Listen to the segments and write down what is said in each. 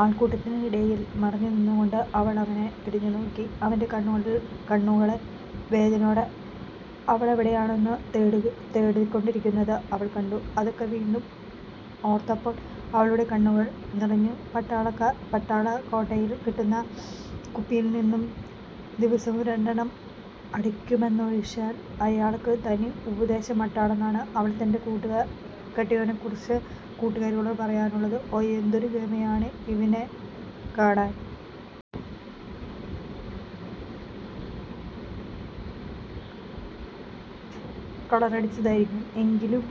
ആള്ക്കൂട്ടത്തിനിടയില് മറഞ്ഞുനിന്നുകൊണ്ട് അവള് അവനെ തിരിഞ്ഞു നോക്കി. അവന്റെ കണ്ണുകള് വേദനയോടെ അവളെവിടെയെന്നു തേടിക്കൊണ്ടിരുന്നതു അവള് കണ്ടു. അതൊക്കെ വീണ്ടും ഓര്ത്തപ്പോള് അവളുടെ കണ്ണുകള് നിറഞ്ഞു. പട്ടാള ക്വോട്ടയില് കിട്ടുന്ന കുപ്പിയില്നിന്നും ദിവസവും രണ്ടെണ്ണം അടിക്കുമെന്നതൊഴിച്ചാല്, അയാള്ക്കു തനി ഉപദേശിമട്ടെന്നാണ് അവള് തന്റെ കെട്ടിയോനെകുറിച്ച് കൂട്ടുകാരികളോട് പറയാനുള്ളതും 'ഓ എന്തൊരു ഗമയാണ് അവനെക്കാണാന്. കളറടിച്ചതായിരിക്കും എങ്കിലും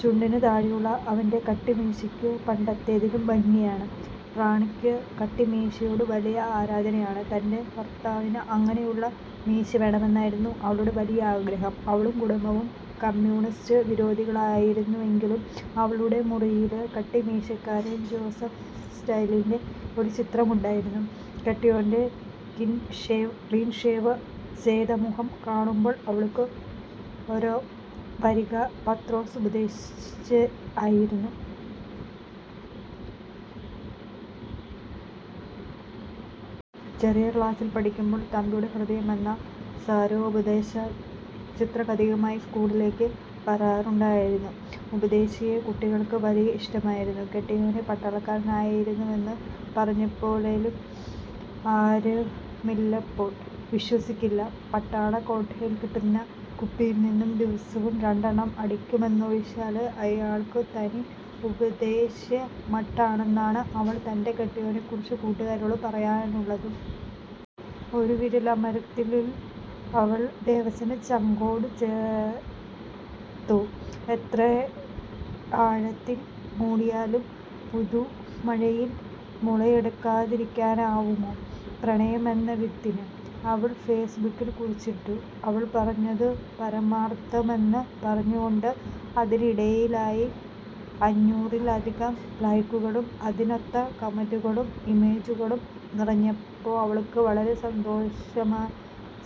ചുണ്ടിനു താഴെയുള്ള അവന്റെ കട്ടിമീശക്കു പണ്ടത്തേതിലും ഭംഗിയാണ്. ' റാണിക്ക് കട്ടിമീശയോടു വലിയ ആരാധനയാണ്. തന്റെ ഭര്ത്താവിനു അങ്ങനെയുള്ള മീശവേണമെന്നതായിരുന്നു അവളുടെ വലിയൊരാഗ്രഹം. അവളും കുടുംബവും കമ്മ്യൂണിസ്റ്റു വിരോധികളായിരുന്നുവെങ്കിലും അവളുടെ മുറിയില് കട്ടിമീശക്കാരന് ജോസഫ് സ്റ്റാലിന്റെ ഒരു ചിത്രമുണ്ടായിരുന്നു. കെട്ടിയോന്റെ ക്ലീന്ഷേവ് ചെയ്ത മുഖം കാണുമ്പോള് അവള്ക്കു ഓര്മ്മവരിക പത്രോസ് ഉപദേശിയെയായിരുന്നു. ചെറിയ ക്ലാസ്സില് പഠിക്കുമ്പോള് 'തമ്പിയുടെ ഹൃദയം' എന്ന സാരോപദേശ ചിത്രകഥയുമായി സ്കൂളിലൊക്കെ വരാറുണ്ടായിരുന്ന ഉപദേശിയെ കുട്ടികള്ക്ക് വലിയ ഇഷ്ട്ടമായിരുന്നു. കെട്ടിയോന് പട്ടാളക്കാരനായിരുന്നുവെന്നു പറഞ്ഞാല്പോലും ആരുമിപ്പോള് വിശ്വസിക്കില്ല. പട്ടാള ക്വോട്ടയില് കിട്ടുന്ന കുപ്പിയില്നിന്നും ദിവസവും രണ്ടെണ്ണം അടിക്കുമെന്നതൊഴിച്ചാല്, അയാള്ക്കു തനി ഉപദേശിമട്ടെന്നാണ് അവള് തന്റെ കെട്ടിയോനെകുറിച്ച് കൂട്ടുകാരികളോട് പറയാനുള്ളതും. ഒരു വിരല് അമര്ത്തലില് അവള് ദേവദാസിനെ ചങ്കോടുചേര്ത്തു. 'എത്രയാഴത്തില് മൂടിയാലും പുതുമഴയില് മുളയെടുക്കാതിരിക്കാനാവുമോ പ്രണയമെന്ന വിത്തിന്' അവള് ഫേസ് ബുക്കില് കുറിച്ചിട്ടു. അവള് പറഞ്ഞതു പരമാര്ത്ഥമെന്നു പറഞ്ഞുകൊണ്ട് അതിനടിയിലായി അഞ്ഞൂറിലധികം ലൈക്കുകളും അതിനൊത്ത കമന്റുകളും ഇമോജികളും നിറഞ്ഞപ്പോള് അവള്ക്കു വളരെ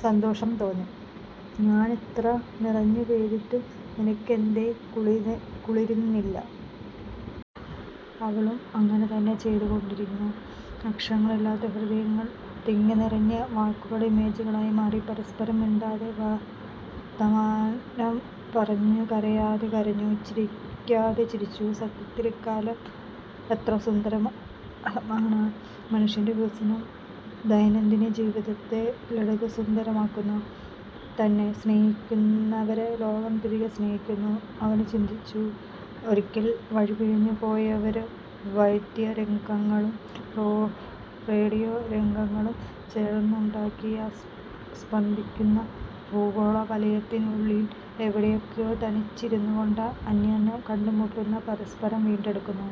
സന്തോഷം തോന്നി. 'ഞാനെത്ര നിറഞ്ഞുപെയ്തിട്ടും നിനക്കെന്തേ കുളിര്ന്നില്ല? അവളും അങ്ങനെ തന്നെ ചെയ്തുകൊണ്ടിരുന്നു. അക്ഷരങ്ങളില്ലാതെ ഹൃദയങ്ങളില് തിങ്ങിനിറഞ്ഞ വാക്കുകള് ഇമോജികളായിമാറി പരസ്പരം മിണ്ടാതെ വര്ത്താനംപറഞ്ഞു, കരയാതെ കരഞ്ഞു. ചിരിക്കാതെ ചിരിച്ചു. 'സത്യത്തില് ഇക്കാലം എത്രസുന്ദരമാണ്. മനുഷ്യന്റെ വികാസം ദൈനംദിനജീവിതത്തെ ലളിതസുന്ദരമാക്കുന്നു. തന്നെ സ്നേഹിക്കുന്നവരെ ലോകം തിരികെ സ്നേഹിക്കുന്നു. ' അവന് ചിന്തിച്ചു. 'ഒരിക്കല് വഴിപിരിഞ്ഞുപോയവര് വൈദ്യതതരംഗങ്ങളും റേഡിയോ തരംഗങ്ങളും ചേര്ന്നുണ്ടാക്കിയ സ്പന്ദിക്കുന്ന ഭൂഗോളവലയത്തിനുള്ളില് എവിടെയൊക്കയോ തനിച്ചിരുന്നുകൊണ്ട് അന്യോന്യം കണ്ടുമുട്ടുന്നു, പരസ്പരം വീണ്ടെടുക്കുന്നു!.